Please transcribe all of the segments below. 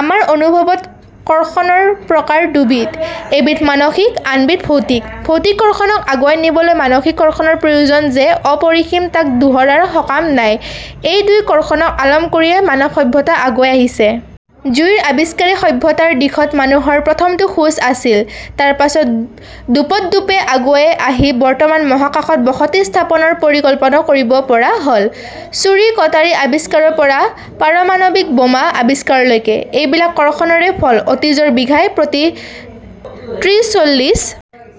আমাৰ অনুভৱত কৰ্ষণৰ প্ৰকাৰ দুবিধ৷ এবিধ মানসিক আৰু আন বিধ ভৌতিক৷ ভৌতিক কৰ্ষণক আগুৱাই নিবলৈ মানসিক কৰ্ষণৰ প্ৰয়োজন যে অপৰিসীম তাক দোহৰাৰ সকাম নাই৷ এই দুই কৰ্ষণক আলম কৰিয়ে মানৱ সভ্যতা আগুৱাই আহিছে। জুইৰ আৱিষ্কাৰেই সভ্যতাৰ দিশত মানুহৰ প্ৰথমটো খোজ আছিল৷ তাৰপাছত দোপত-দোপে আগুৱাই আহি বৰ্তমান মহাকাশত বসতি স্থাপনৰ পৰিকল্পনাও কৰিব পৰা হ'ল৷ চুৰি কটাৰী আৱিষ্কাৰৰ পৰা পাৰমাণৱিক বোমা আৱিষ্কাৰলৈকে। এইবিলাক কৰ্ষণৰে ফল৷ অতীজৰ বিঘাই প্ৰতি ত্ৰিছচল্লিছ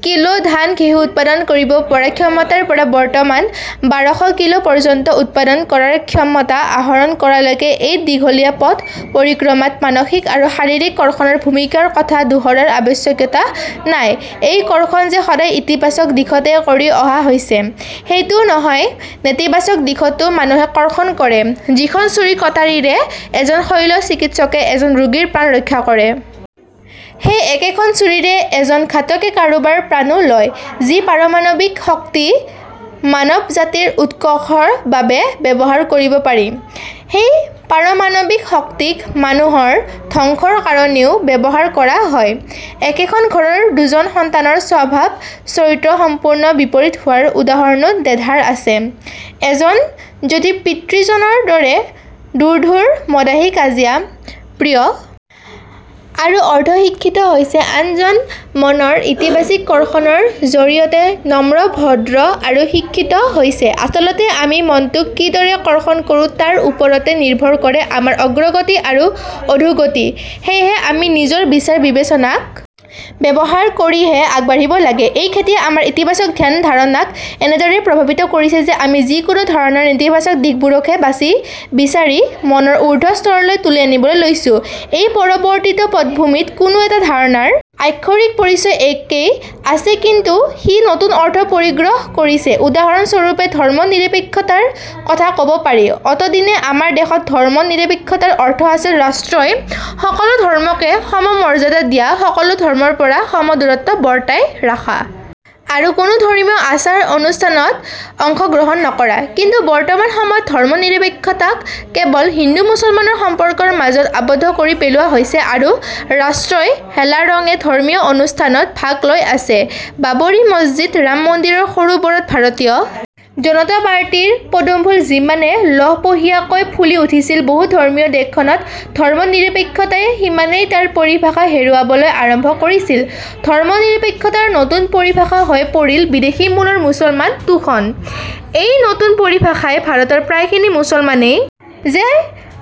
কিলো ধান-ঘেঁহু উৎপাদন কৰিব পৰা ক্ষমতাৰ পৰা বৰ্তমানৰ বাৰ শ কিলো পৰ্যন্ত উৎপাদন কৰাৰ ক্ষমতা আহৰণ কৰালৈকে এই দীঘলিয়া পথ পৰিক্ৰমাত মানসিক আৰু শাৰীৰিক কৰ্ষণৰ ভূমিকাৰ কথা দোহৰাৰ আৱশ্যকতা নাই৷ এই কৰ্ষণ যে সদায় ইতিবাচক দিশতেই কৰি অহা হৈছে ,সেইটোও নহয় নেতিবাচক দিশতো মানুহে কৰ্ষণ কৰে৷ যিখন চুৰি কটাৰীৰে এজন শৈল্য চিকিৎসকে এজন ৰোগীৰ প্ৰাণ ৰক্ষা কৰে। সেই একেখন চুৰিৰে এজন ঘাতকে কাৰোবাৰ প্ৰাণো লয়৷ যি পাৰমাণৱিক শক্তিক মানৱ জাতিৰ উৎকৰ্ষৰ বাবে ব্যৱহাৰ কৰিব পাৰি ।সেই পাৰমাণৱিক শক্তিক মানুহৰ ধ্বংসৰ কাৰণেও ব্যৱহাৰ কৰা হয়৷ একেখন ঘৰৰ দুজন সন্তানৰ স্বভাৱ চৰিত্ৰ সম্পূৰ্ণ বিপৰীত হোৱাৰ উদাহৰণো দেধাৰ আছে৷ এজন যদি পিতৃজনৰ দৰে দুৰ্ঘোৰ মদাহী কাজিয়া। প্ৰিয় আৰু অৰ্ধ শিক্ষিত হৈছে আনজন মনৰ ইতিবাচক কৰ্ষণৰ জৰিয়তে নম্ৰ ভদ্ৰ আৰু শিক্ষিত হৈছে৷ আচলতে আমি মনটোক কিদৰে কৰ্ষণ কৰো তাৰ ওপৰতে নিৰ্ভৰ কৰে আমাৰ অগ্ৰগতি আৰু অধোগতি৷ সেয়েহে আমি নিজৰ বিচাৰ বিবেচনাক ব্যৱহাৰ কৰিহে আগবাঢ়িব লাগে৷ এই খেতিয়ে আমাৰ ইতিবাচক ধ্যান ধাৰণাক এনেদৰ প্ৰভাৱিত কৰিছে যে আমি যিকোনো ধাৰণাৰ নেতিবাচক দিশবোৰকহে বাচি বিচাৰি মনৰ উৰ্ধ স্তৰলৈ তুলি আনিবলৈ লৈছো৷ এই পৰিৱৰ্তিত পটভূমিত কোনো এটা ধাৰণাৰ আক্ষৰিক পৰিচয় একেই আছে কিন্তু সি নতুন অৰ্থ পৰিগ্ৰহ কৰিছে৷ উদাহৰণ স্বৰূপে ধৰ্ম-নিৰপেক্ষতাৰ কথা ক'ব পাৰি৷ অতদিনে আমাৰ দেশত ধৰ্ম-নিৰপেক্ষতাৰ অৰ্থ আছিল ৰাষ্ট্ৰই সকলো ধৰ্মকে সম-মৰ্যাদা দিয়া সকলো ধৰ্মৰ পৰা সম-দূৰত্ব বৰ্তাই ৰখা আৰু কোনো ধৰ্মীয় আচাৰ-অনুষ্ঠানত অংশ গ্ৰহণ নকৰা৷ কিন্তু বৰ্তমান সময়ত ধৰ্ম-নিৰপেক্ষতাক কেৱল হিন্দু-মুছলমানৰ সম্পৰ্কৰ মাজত আবদ্ধ কৰি পেলোৱা হৈছে আৰু ৰাষ্ট্ৰই হেলাৰঙে ধৰ্মীয় অনুষ্ঠানত ভাগ লৈ আছে৷ বাবৰি মছজিদ ৰাম মন্দিৰৰ সৰোবৰত ভাৰতীয় জনতা পাৰ্টীৰ পদুম ফুল যিমানে লহপহীয়াকৈ ফুলি উঠিছিল বহু ধৰ্মীয় দেশখনত ধৰ্ম-নিৰপেক্ষতাই সিমানেই তাৰ পৰিভাষা হেৰুৱাবলৈ আৰম্ভ কৰিছিল৷ ধৰ্ম-নিৰপেক্ষতাৰ নতুন পৰিভাষা হৈ পৰিল বিদেশী মূলৰ মুছলমান তোষণ৷ এই নতুন পৰিভাষাই ভাৰতৰ প্ৰায়খিনি মুছলমানেই যে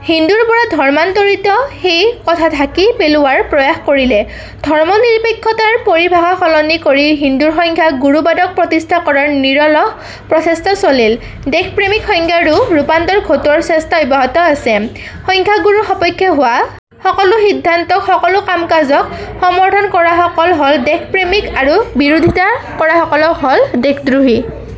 হিন্দুৰ পৰা ধৰ্মান্তৰিত সেই কথা ঢাকি পেলোৱাৰ প্ৰয়াস কৰিলে৷ ধৰ্ম-নিৰপেক্ষতাৰ পৰিভাষা সলনি কৰি হিন্দুৰ সংখ্যা গুৰুবাদক প্ৰতিষ্ঠা কৰাৰ নিৰলস প্ৰচেষ্টা চলিল৷ দেশপ্ৰেমিক সংজ্ঞাৰো ৰূপান্তৰ ঘটোৱাৰ চেষ্টা অব্যাহত আছে৷ সংখ্যা গুৰুৰ সপক্ষে হোৱা সকলো সিদ্ধান্তক সকলো কাম-কাজক সমৰ্থন কৰাসকল হ'ল দেশপ্ৰেমিক আৰু বিৰোধিতা কৰাসকল হ'ল দেশদ্ৰোহী৷